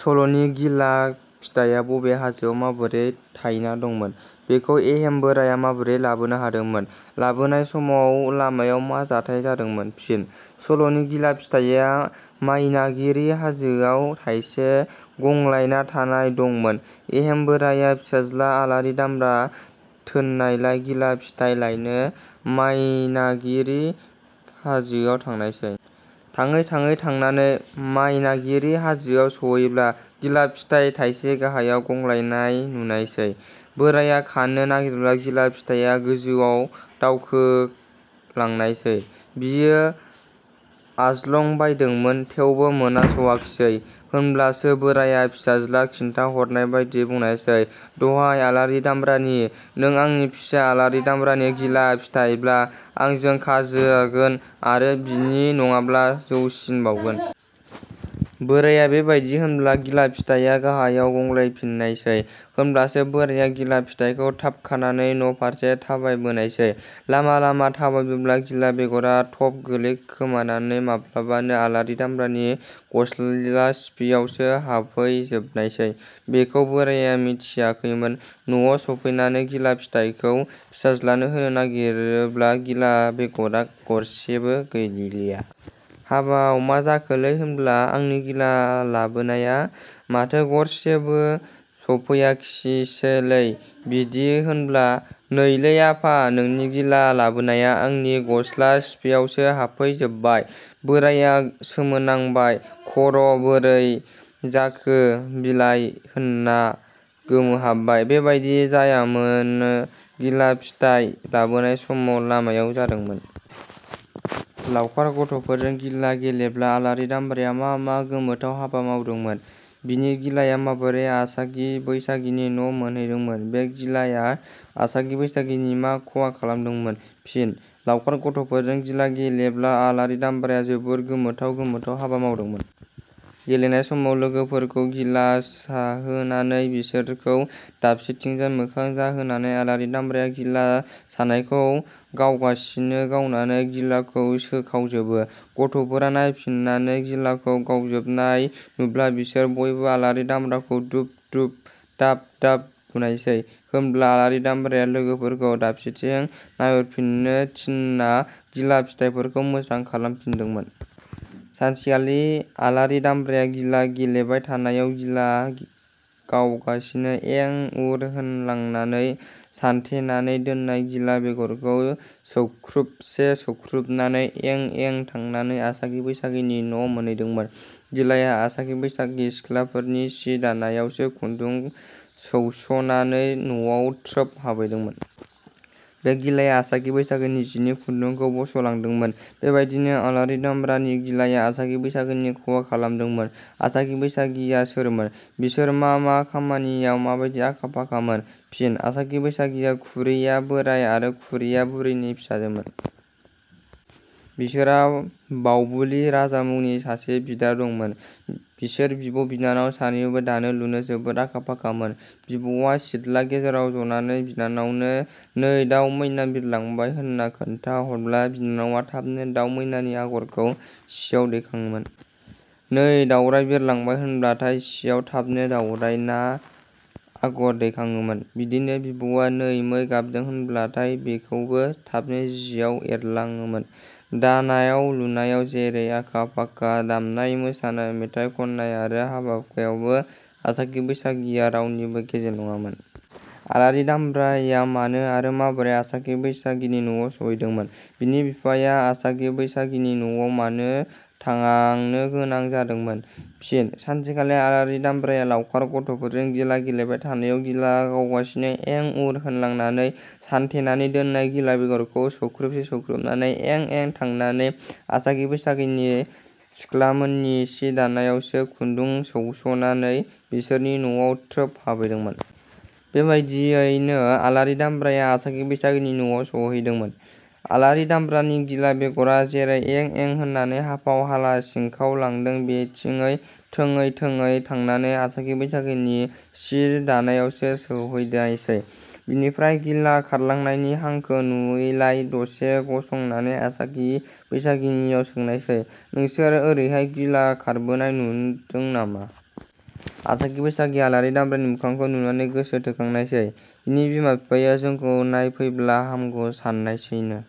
सल'नि गिला फिथाइया बबे हाजोआव माबोरै थायना दंमोन? बेखौ एहेम बोराइया माबोरै लाबोनो हादोंमोन? लाबोनाय समाव लामायाव मा जाथाइ जादोंमोन? फिन: सल'नि गिला फिथाइया मायनागिरि हाजोआव थाइसे गंग्लाना थायना दंमोन। एहेम बोराया फिसाज्ला आलारि दामब्रा थोननायलाय गिला फिथाइ लायनो मायनागिरि हाजोआव थांनायसै। थाङै थाङै थांनानै मायनागिरि हाजोआव सहैब्ला गिला फिथाइ थाइसे गाहायाव गंग्लायनाय नुनायसै। बोराया खानो नागिरब्ला गिला फिथाइया गोजौआव दावखोलांनायसै। बियो आज्लंबायदोंमोन। थेवबो मोनहास'आखिसै। होमब्लासो बोराइया फिसाज्ला खिन्थाहरनाय बादियै बुंनायसै "दहाय आलारि दामब्रानि। " नों आंनि फिसा आलारि दामब्रानि गिला फिथाइब्ला आंजो खाजागोन आरो बिनि नडाब्ला जौसिनबावगोन। बोराया बेबादि होनब्ला गिला फिथाया गाहायाव गंग्लायफिननायसै। होमब्लासो बोराया गिला फिथाइखौ थाब खानानै न'फारसे थाबायबोनायसै। लामा लामा थाबायबोब्ला गिला बेगरा थब गोलैखोमानानै माब्लाबानो आलारि दामब्रानि गस्ला सिफियावसो हाबफैजोबनायसै। बेखौ बोराया मिथियाखैमोन। न'आव सफैनानै गिला फिथाइखौ फिसाज्लानो होनो नागिरोब्ला गिला बेगरा गरसेबो गैलिया। "हाबाव, मा जाखोलै होमब्ला आंनि गिला लाबोनाया? माथो गरसेबबो सफैयाखिसैलै। बिदि होनब्ला, "नै लै आफा, नोंनि गिला लाबोनाया आंनि गसला सिफियावसो हाबफैजोबबाय। " बोराया सोमोनांबाय, खर' बोरै जाखो बिलाय होनना गोमोहाबबाय। बेबादि जायामानो गिला फिथाइ लाबोनाय समाव लामायाव जादोंमोन।. लावखार गथ 'फोरजों गिला गेलेब्ला आलारि दामब्राया मा मा गोमोथाव हाबा मावदोंमोन? बिनि गिलाया माबोरै आसागि बैसागिनि न' मोनहैदोंमोन? बे गिलाया आसागि बैसागिनि मा खहा खालामदोंमोन? फिन: लावखार गथ'फोरजों गिला गेलेब्ला आलारि दामब्राया जोबोद गोमोथाव गोमोथाव हाबा मावदोंमोन। गेलेनाय समाव लोगोफोरखौ गिला साहोनानै बिससोरखौ दाबसेथिंजाय मोखां जाहोनानै आलारि दामब्राया गिला सानायखौ गावगासिनो गावनानै गिलाखौ सोखावजोबो। गथ'फोरा नायफिननानै गिलाखौ गावजोबनाय नुब्ला बिसोर बयबो आलारि दामब्राखौ दुब-दुब दाब-दाब बुनायसै। होमब्ला आलारि दामब्राया लोगोफोरखौ दाबसेथिं नायहरफिननो थिनना गिला फिथाइफोरखौ मोजां खालामफिनदोंमोन। सानसेखालि आलारि दामब्राया गिला गेलेबाय थानायाव गिला गावगासिनो एं-उर होनलांनानै साथेनानै दोननाय गिला बेगरखौ सौख्रुबसे सौख्रुबनानै एं-एं थांनानै आसागि बैसागिनि न' मोनहैदोंमोन। गिलाया आसागि बैसागि सिख्लाफोरनि सि दानायावसो खुन्दुं सौस'नानै नवाव थ्रोब हाबहैदोंमोन। बे गिलाया आसागि बैसागिनि जिनि खुन्दुंखौ बस'लांदोंमोन। बेबादिनो आलारि दामब्रानि गिलाया आसागि बैसागिनि खहा खालामदोंमोन।. आसागि बैसागिया सोरमोन? बिसोर मा मा खामानियाव माबादि आखा- फाखामोन? फिनः आसागि बैसागिया खुरिया बोराइ आरो खुरिया बुरैनि फिसाजोमोन। बिसोरहा बावबुलि राजा मुंनि सासे बिदा दंमोन। बिसोर बिब' बिनानाव सानैबो दानो लुनो जोबोद आखा- फाखामोन। बिब'वा सिथला गेजेराव जनानै बिनानावनो- नै दाउ मैना बिरलांबाय होनना खोन्था हरब्ला बिनानावा थाबनो दाउ मैनानि आगरखौ सियाव दैखाङोमोन। नै दाउराय बिरलांबाय होनब्लाथाय सियाव थाबनो दावरायना आगार दैखाङोमोन। बिदिनो बिब'वा नै मै गाबदों होनब्लाथाय बेखौबो थाबनो जियाव एरलाङोमोन। दानायाव लुनायाव जैरै आखा-फाखा, दामनाय मोसानाय, मेथाइ खननाय आरो हाबा-हुखायावबो आसागि बैसागिया रावनिबो गेजेन नङामोन।. आलारि दामब्राया मानो आरो माबोरै आसागि बैसागिनि नआव सहैदोंमोन? बिनि बिफाया आसागि बैसागिनि नआव मानो थांनोगोनां जादोंमोन? फिनः सानसेखालि आलारि दामब्राया लावखार गथ'फोरजों गिला गेलेबाय थानायाव गिला गावगासिनो एं-उर होनलांनानै साथेनानै दोननाय गिला बेगरखौ सौख्रुबसे सौख्रुबनानै एं-एं थांनानै आसागि बैसागि सिख्लाममोननि सि दानायावसो खुन्दुं सौस'नानै बिसोरनि नवाव थ्रोब हाबहैदोंमोन। बेबादयैनो आलारि दामब्राया आसागि बैसागिनि न'आव सौहैदोंममोन। आलारि दामब्रानि गिला बेगरा जेरै एं-एं होननानै हाफाव हाला सिंखावलांदों बेथिङै थाङै थाङै थांनानै आसागि बैसागिनि सि दानायावसो सौहैनायसै। बिनिफ्राय गिला खारलांनायनि हांखो नुयैलाय दसे गसंनानै आसागि बैसागिनियाव सोंनायसै – नोंसोर ओरैहाय गिला खारबोनाय नुदों नामा? आसागि बैसागिया आलारि दामब्रानि मोखांखौ नुनानै गोसो थोखांनायसै। बिनि बिमा बिफाया जोंखौ नायफैब्ला हामगौ साननायसैनो।